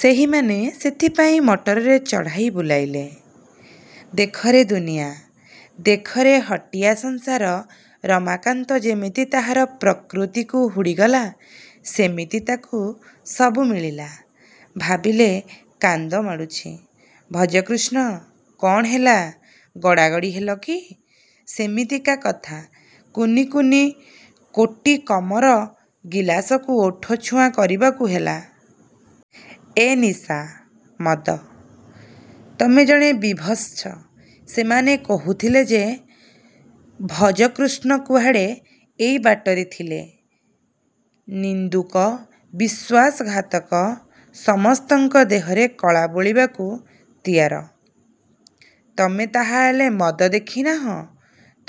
ସେହିମାନେ ସେଥିପାଇଁ ମଟରରେ ଚଢ଼ାଇ ବୁଲାଇଲେ।... ଦେଖରେ ଦୁନିଆ। ଦେଖରେ ହଟିଆ ସଂସାର–ରମାକାନ୍ତ ଯେମିତି ତାହାର ପ୍ରକୃତିକୁ ହୁଡ଼ିଗଲା ସେମିତି ତା'କୁ ସବୁ ମିଳିଲା ଭାବିଲେ କାନ୍ଦମାଡ଼ୁଛି ଭଜକୃଷ୍ଣ। –କ'ଣ ହେଲା? ଗଡ଼ାଗଡ଼ି ହେଲ କି? –ସେମିତିକା କଥା। କୁନି କୁନି କୋଟିକମର ଗିଲାସକୁ ଓଠଛୁଆଁ କରିବାକୁ ହେଲା। –ଏଁ–ନିଶା? ମଦ? –ତମେ ଜଣେ ବିଭତ୍ସ। –ସେମାନେ କହୁଥିଲେ ଯେ ଭଜକୃଷ୍ଣ କୁଆଡ଼େ ଏହି ବାଟରେ ଥିଲେ? –ନିନ୍ଦୁକ। ବିଶ୍ୱାସଘାତକ। ସମସ୍ତଙ୍କ ଦେହରେ କଳା ବୋଳିବାକୁ ତିଆର। –ତମେ ତାହାହେଲେ ମଦ ଦେଖି ନାହଁ?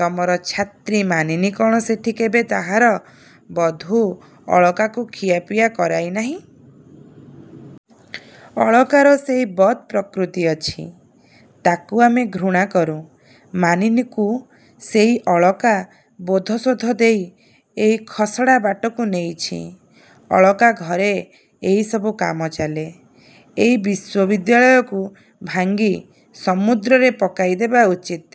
ତମର ଛାତ୍ରୀ ମାନିନୀ କ'ଣ ସେଠି କେବେ ତାହାର ବଂଧୁ ଅଳକାକୁ ଖିଆପିଆ କରେଇ ନାହିଁ? –ଅଳକାର ସେଇ ବଦ୍ ପ୍ରକୃତି ଅଛି। ତାକୁ ଆମେ ଘୃଣା କରୁ। ମାନିନୀକୁ ସେଇ ଅଳକା ବୋଧଶୋଧ ଦେଇ ଏଇ ଖସଡ଼ାବାଟକୁ ନେଇଛି। ଅଳକା ଘରେ ଏହିସବୁ କାମ ଚାଲେ। ଏଇ ବିଶ୍ୱବିଦ୍ୟାଳୟକୁ ଭାଙ୍ଗି ସମୁଦ୍ରରେ ପକାଇଦବା ଉଚିତ୍।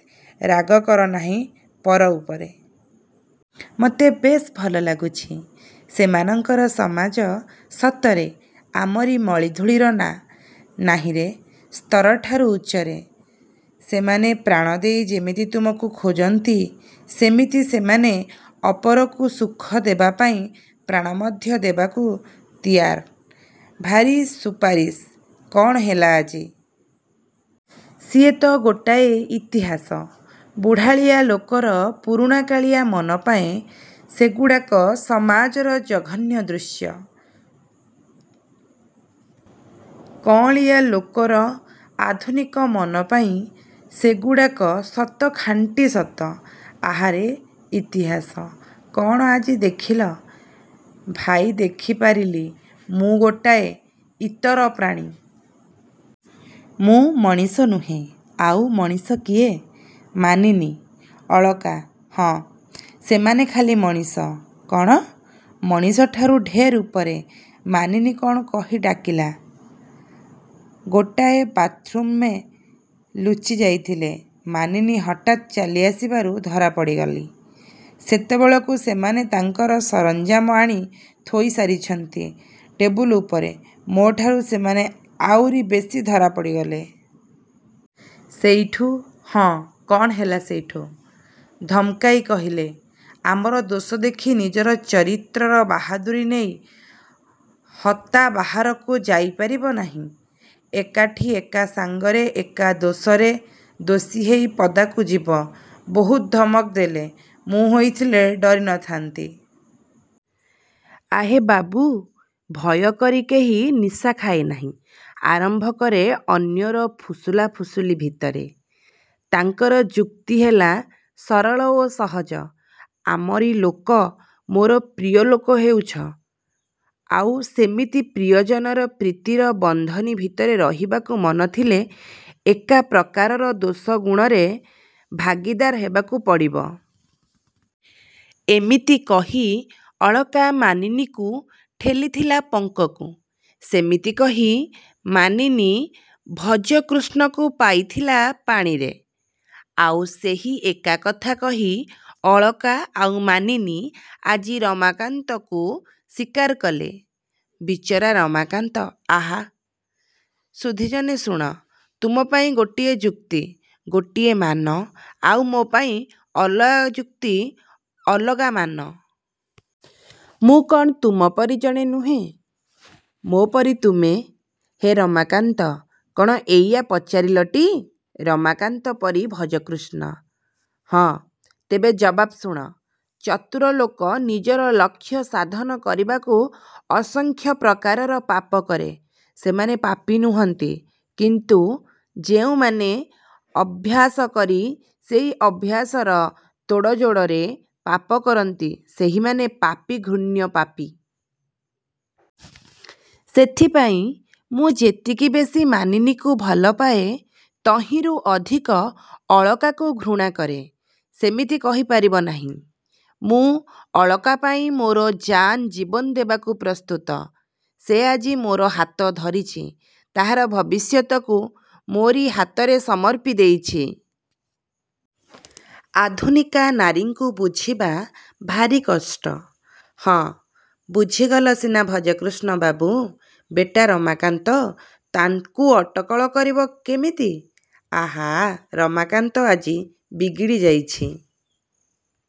–ରାଗ କର ନାହିଁ ପର ଉପରେ। ମତେ ବେଶ୍ ଭଲ ଲାଗୁଛି। ସେମାନଙ୍କର ସମାଜ ସତରେ ଆମରି ମଳିଧୂଳିର ନା ନାହିଁର ସ୍ତରଠାରୁ ଉଚ୍ଚରେ। ସେମାନେ ପ୍ରାଣ ଦେଇ ଯେମିତି ତୁମକୁ ଖୋଜନ୍ତି ସେମିତି ସେମାନେ ଅପରକୁ ସୁଖ ଦେବାପାଇଁ ପ୍ରାଣ ମଧ୍ୟ ଦେବାକୁ ତିଆର। –ଭାରି ସୁପାରିସ? କ'ଣ ହେଲା ଆଜି? –ସିଏ ତ ଗୋଟାଏ ଇତିହାସ। ବୁଢ଼ାଳିଆ ଲୋକର ପୁରୁଣାକାଳିଆ ମନ ପାଇଁ ସେଗୁଡ଼ାକ ସମାଜର ଜଘନ୍ୟ ଦୃଶ୍ୟ। କଅଁଳିଆ ଲୋକର ଆଧୁନିକ ମନ ପାଇଁ ସେଗୁଡ଼ାକ ସତ–ଖାଣ୍ଟି ସତ। –ଆହା ରେ ଇତିହାସ! କ'ଣ ଆଜି ଦେଖିଲ? –ଭାଇ, ଦେଖିପାରିଲି ମୁଁ ଗୋଟାଏ ଇତର ପ୍ରାଣୀ। ମୁଁ ମଣିଷ ନୁହେଁ। –ଆଉ ମଣିଷ କିଏ? ମାନିନୀ, ଅଳକା –ହଁ, ସେମାନେ ଖାଲି ମଣିଷ କ'ଣ–ମଣିଷଠାରୁ ଢେର ଉପରେ। –ମାନିନୀ କ'ଣ କହି ଡାକିଲା? ଗୋଟାଏ ବାଥ୍ରୁମ୍ରେ ଲୁଚି ଯାଇଥିଲି ମାନିନୀ ହଠାତ୍ ଚାଲି ଆସିବାରୁ ଧରା ପଡ଼ିଗଲି। ସେତେବେଳକୁ ସେମାନେ ତାଙ୍କର ସରଞ୍ଜାମ ଆଣି ଥୋଇ ସାରିଛନ୍ତି ଟେବୁଲ ଉପରେ ମୋ' ଠାରୁ ସେମାନେ ଆଉରି ବେଶି ଧରା ପଡ଼ିଗଲେ। ସେଇଠୁ –ହଁ, କ'ଣ ହେଲା ସେଇଠୁ? –ଧମକାଇ କହିଲେ, ଆମର ଦୋଷ ଦେଖି ନିଜର ଚରିତ୍ରର ବାହାଦୁରୀ ନେଇ ହତା ବାହାରକୁ ଯାଇପାରିବ ନାହିଁ। ଏକାଠି, ଏକା ସାଙ୍ଗରେ, ଏକା ଦୋଷରେ ଦୋଷୀ ହେଇ ପଦାକୁ ଯିବ। ବହୁତ ଧମକ ଦେଲେ। –ମୁଁ ହେଇଥିଲେ ଡରି ନ ଥାନ୍ତି। –ଆହେ ବାବୁ, ଭୟ କରି କେହି ନିଶା ଖାଏ ନାହିଁ। ଆରମ୍ଭ କରେ ଅନ୍ୟର ଫୁସୁଲା ଫୁସୁଲି ଭିତରେ। ତାଙ୍କର ଯୁକ୍ତି ହେଲା ସରଳ ଓ ସହଜ। ଆମରି ଲୋକ, ମୋର ପ୍ରିୟ ଲୋକ ହେଉଛ। ଆଉ ସେମିତି ପ୍ରିୟଜନର ପ୍ରୀତିର ବନ୍ଧନୀ ଭିତରେ ରହିବାକୁ ମନଥିଲେ ଏକା ପ୍ରକାରର ଦୋଷଗୁଣରେ ଭାଗୀଦାର ହେବାକୁ ପଡ଼ିବ। –ଏମିତି କହି ଅଳକା ମାନିନୀକୁ ଠେଲିଥିଲା ପଙ୍କକୁ। ସେମିତି କହି ମାନିନୀ ଭଜକୃଷ୍ଣକୁ ପକାଇଥିଲା ପାଣିରେ। ଆଉ ସେହି ଏକା କଥା କହି ଅଳକା ଆଉ ମାନିନୀ ଆଜି ରମାକାନ୍ତକୁ ଶିକାର କଲେ। ବିଚରା ରମାକାନ୍ତ –ଆହା, ସୁଧୀଜନ ଶୁଣ। ତମ ପାଇଁ ଗୋଟାଏ ଯୁକ୍ତି ଗୋଟିଏ ମାନ–ଆଉ ମୋ' ପାଇଁ ଅଲଗା ଯୁକ୍ତି ଅଲଗା ମାନ। ମୁଁ। କ'ଣ ତମ ପରି ଜଣେ ନୁହେଁ? –ମୋ'ପରି ତୁମେ? –ହେ ରମାକାନ୍ତ, କ'ଣ ଏଇଆ ପଚାରିଲଟି–ରମାକାନ୍ତ ପରି ଭଜକୃଷ୍ଣ? –ହଁ। –ତେବେ ଜବାବ ଶୁଣ। ଚତୁର ଲୋକ ନିଜର ଲକ୍ଷ୍ୟସାଧନ କରିବାକୁ ଅସଂଖ୍ୟ ପ୍ରକାରର ପାପ କରେ। ସେମାନେ ପାପୀ ନୁହଁନ୍ତି। କିନ୍ତୁ ଯେଉଁମାନେ ଅଭ୍ୟାସ କରି ସେଇ ଅଭ୍ୟାସର ତୋଡ଼ଯୋଡ଼ରେ ପାପ କରନ୍ତି–ସେହିମାନେ ପାପୀ–ଘୃଣ୍ୟ ପାପୀ। ସେଥିପାଇଁ ମୁଁ ଯେତିକି ବେଶୀ ମାନିନୀକୁ ଭଲପାଏ ତହିଁରୁ ଅଧିକ ଅଳକାକୁ ଘୃଣା କରେ। –ସେମିତି କହି ପାରିବ ନାହିଁ। ମୁଁ ଅଳକା ପାଇଁ ମୋର ଜାନ୍ ଜୀବନ ଦେବାକୁ ପ୍ରସ୍ତୁତ-। ସେ ଆଜି ମୋର ହାତ ଧରିଛି। ତାହାର ଭବିଷ୍ୟତକୁ ମୋରି ହାତରେ ସମର୍ପି ଦେଇଛି-। –ଆଧୁନିକା ନାରୀଙ୍କୁ ବୁଝିବା ଭାରି କଷ୍ଟ। –ହଁ, ବୁଝିଗଲ ସିନା ଭଜକୃଷ୍ଣ ବାବୁ। ବେଟା ରମାକାନ୍ତ ତାଙ୍କୁ ଅଟକଳ କରିବ କେମିତି-? –ଆଃ, ରମାକାନ୍ତ ଆଜି ବିଗିଡ଼ି ଯାଇଛି।